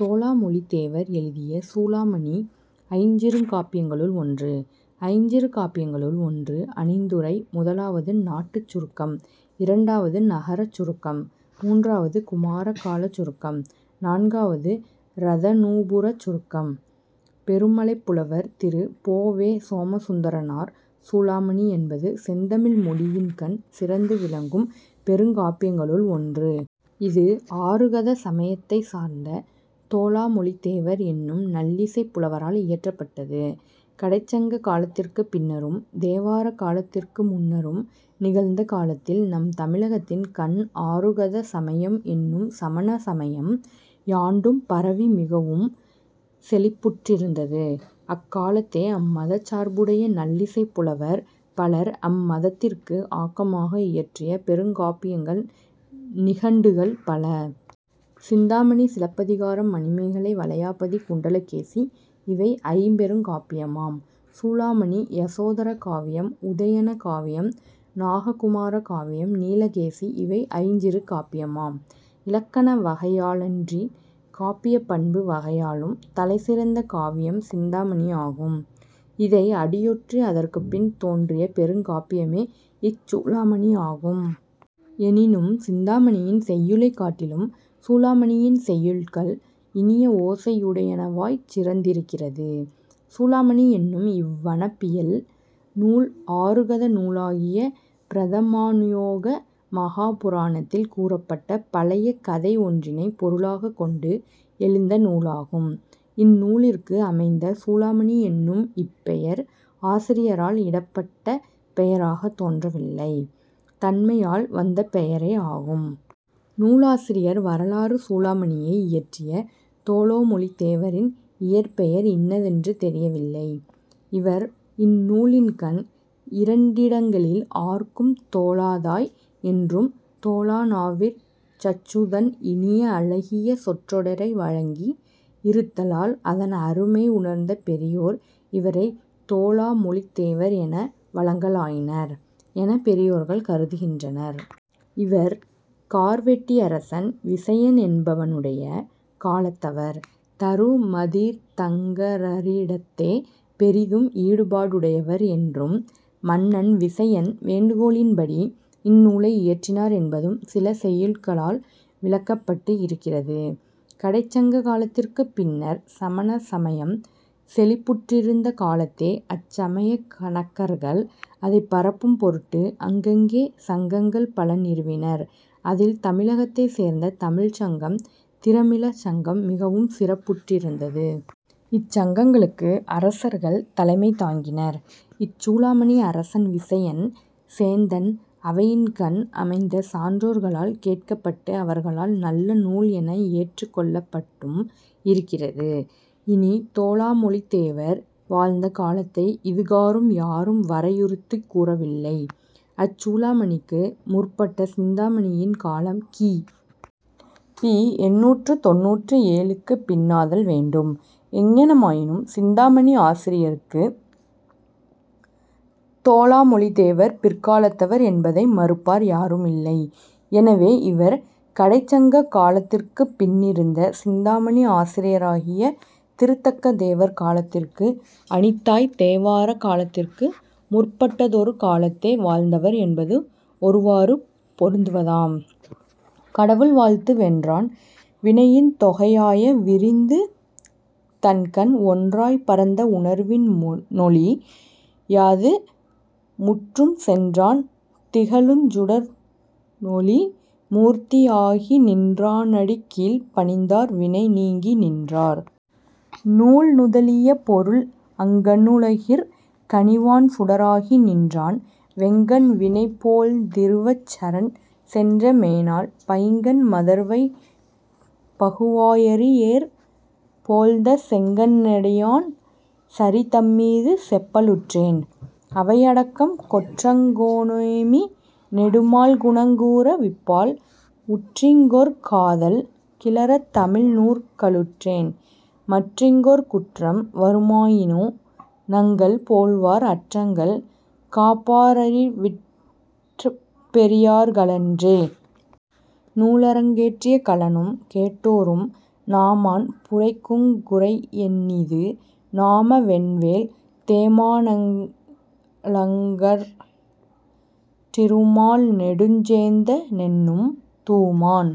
தோலாமொழித் தேவர் எழுதிய சூளாமணி ஐஞ்சிறுகாப்பியங்களுள் ஒன்று ஐஞ்சிறுகாப்பியங்களுள் ஒன்று அணிந்துரை முதலாவது நாட்டுச் சருக்கம் இரண்டாவது நகரச் சருக்கம் மூன்றாவது குமாரகாலச் சருக்கம் நான்காவது இரதநூபுரச் சருக்கம் பெருமழைப் புலவர் திரு. பொ. வே. சோமசுந்தரனார் சூளாமணி என்பது செந்தமிழ் மொழியின்கண் சிறந்து விளங்கும் பெருங்காப்பியங்களுள் ஒன்று. இது ஆருகத சமயத்தைச் சார்ந்த தோலாமொழித்தேவர் என்னும் நல்லிசைப் புலவரால் இயற்றப்பட்டது. கடைச்சங்க காலத்திற்குப் பின்னரும் தேவாரக் காலத்திற்கு முன்னரும் நிகழ்ந்த காலத்தில் நம் தமிழகத்தின் கண் ஆருகத சமயம் என்னும் சமண சமயம் யாண்டும் பரவி மிகவும் செழிப்புற்றிருந்தது. அக்காலத்தே அம்மதச் சார்புடைய நல்லிசைப் புலவர் பலர் அம் மதத்திற்கு ஆக்கமாக இயற்றிய பெருங்காப்பியங்கள் நிகண்டுகள் பல. சிந்தாமணி சிலப்பதிகாரம், மணிமேகலை, வளையாபதி, குண்டலகேசி இவை ஐம்பெருங்காப்பியமாம். சூளாமணி, யசோதர காவியம் உதயண காவியம் நாககுமார காவியம் நீலகேசி இவை ஐஞ்சிறுகாப்பியமாம். இலக்கண வகையாலன்றிக் காப்பியப் பண்பு வகையாலும் தலை சிறந்த காவியம் சிந்தாமணியாகும். இதை அடியொற்றி அதற்குப் பின் தோன்றிய பெருங்காப்பியமே இச் சூளாமணியாகும். எனினும் சிந்தாமணியின் செய்யுளைக் காட்டிலும் சூளாமணியின் செய்யுட்கள் இனிய ஓசையுடையனவாய்ச் சிறந்திருக்கிறது. சூளாமணி என்னும் இவ் வனப்பியல் நூல் ஆருகத நூலாகிய பிரதமாநுயோக மகாபுராணத்தில் கூறப்பட்ட பழைய கதை ஒன்றினை பொருளாகக் கொண்டு எழுந்த நூலாகும். இந்நூலிற்கு அமைந்த சூளாமணி என்னும் இப் பெயர் ஆசிரியரால் இடப்பட்ட பெயராகத் தோன்றவில்லை, தன்மையால் வந்த பெயரே ஆகும். நூலாசிரியர் வரலாறு சூளாமணியை இயற்றிய தோலாமொழித் தேவரின் இயற்பெயர் இன்னதென்று தெரியவில்லை. இவர் இந்நூலின்கண் இரண்டிடங்களில் ஆர்க்கும் தோலாதாய் என்றும் தோலாநாவிற் சச்சுதன் இனிய அழகிய சொற்றொடரை வழங்கி யிருத்தலால் அதன் அருமை உணர்ந்த பெரியோர் இவரைத் தோலாமொழித் தேவர் என வழங்கலாயினர் என பெரியோர்கள் கருதுகின்றனர். இவர் கார்வெட்டியரசன் விசயன் என்பவனுடைய காலத்தவர், தருமதீ தங்கரரிடத்தே பெரிதும் ஈடுபாடுடையவர் என்றும் மன்னன் விசயன் வேண்டுகோளின்படி இந்நூலை இயற்றினார் என்பதும் சில செய்யுட்களால் விளக்கப்பட்டு இருக்கிறது. கடைச் சங்க காலத்திற்குப் பின்னர்ச் சமண சமயம் செழிப்புற்றிருந்த காலத்தே அச் சமயக் கணக்கர்கள் அதை பரப்பும் பொருட்டு அங்கங்கே சங்கங்கள் பல நிறுவினர் அதில் தமிழகத்தைச் சேர்ந்த தமிழ்ச்சங்கம் திரமிள சங்கம் மிகவும் சிறப்புற்றிருந்தது. இச் சங்கங்களுக்கு அரசர்கள் தலைமை தாங்கினர். இச் சூளாமணி அரசன் விசயன் சேந்தன் அவையின்கண் அமைந்த சான்றோர்களால் கேட்கப்பட்டு அவர்களால் நல்லநூல் என ஏற்றுக் கொள்ளப்பட்டும் இருக்கிறது. இனி தோலாமொழித்தேவர் வாழ்ந்த காலத்தை இதுகாறும் யாரும் வரையறுத்துக் கூறவில்லை. அச் சூளாமணிக்கு முற்பட்ட சிந்தாமணியின் காலம் கி. பி. எண்ணூற்றுத் தொண்ணூற்று ஏழுக்குப் பின்னாதல் வேண்டும். எங்ஙனமாயினும் சிந்தாமணி ஆசிரியருக்குத் தோலாமொழித் தேவர் பிற்காலத்தவர் என்பதை மறுப்பார் யாருமில்லை. எனவே இவர் கடைச்சங்ககால்த்திற்குப் பின்னிருந்த சிந்தாமணி ஆசிரியராகிய திருத்தக்கதேவர் காலத்திற்கு அணித்தாய்த் தேவாரக் காலத்திற்கு முற்பட்டதொரு காலத்தே வாழ்ந்தவர் என்பது ஒருவாறு பொருந்துவதாம். கடவுள் வாழ்த்து வென்றான் வினையின் தொகையாய விரிந்து தன்கண் ஒன்றாய்ப் பரந்த உணர்வின்னொழி யாது முற்றும் சென்றான் திகழுஞ் சுடர்ழொளி மூர்த்தி யாகி நின்றா னடிக்கீழ் பணிந்தார் வினை நீங்கி நின்றார். நூல்நுதலியபொருள் அங்கண்ணுலகிற் கணிவான்சுடராகி நின்றான் வெங்கண் வினைபோழ்ந் திருவச் சரண் சென்ற மேனாள் பைங்கண் மதர்வைப் பகுவாயரி யேறு போழ்ந்த செங்கண்ணெடியான் சரிதம்மிது செப்பலுற்றேன். அவை அடக்கம் கொற்றங்கொணேமி நெடுமால்குணங் கூற விப்பால் உற்றிங்கொர் காதல் கிளரத்தமிழ் நூற்கலுற்றேன் மற்றிங்கொர் குற்றம் வருமாயினு நங்கள் போல்வார் அற்றங்கள் காப்பாரறிவிற்பெரி யார்களன்றே. நூலரங்கேற்றிய களனும் கேட்டோரும் நாமாண் புரைக்குங் குறையென்னிது நாம வென்வேல் தேமா ணலங்க றிருமால்நெடுஞ் சேந்த னென்னும் தூமாண்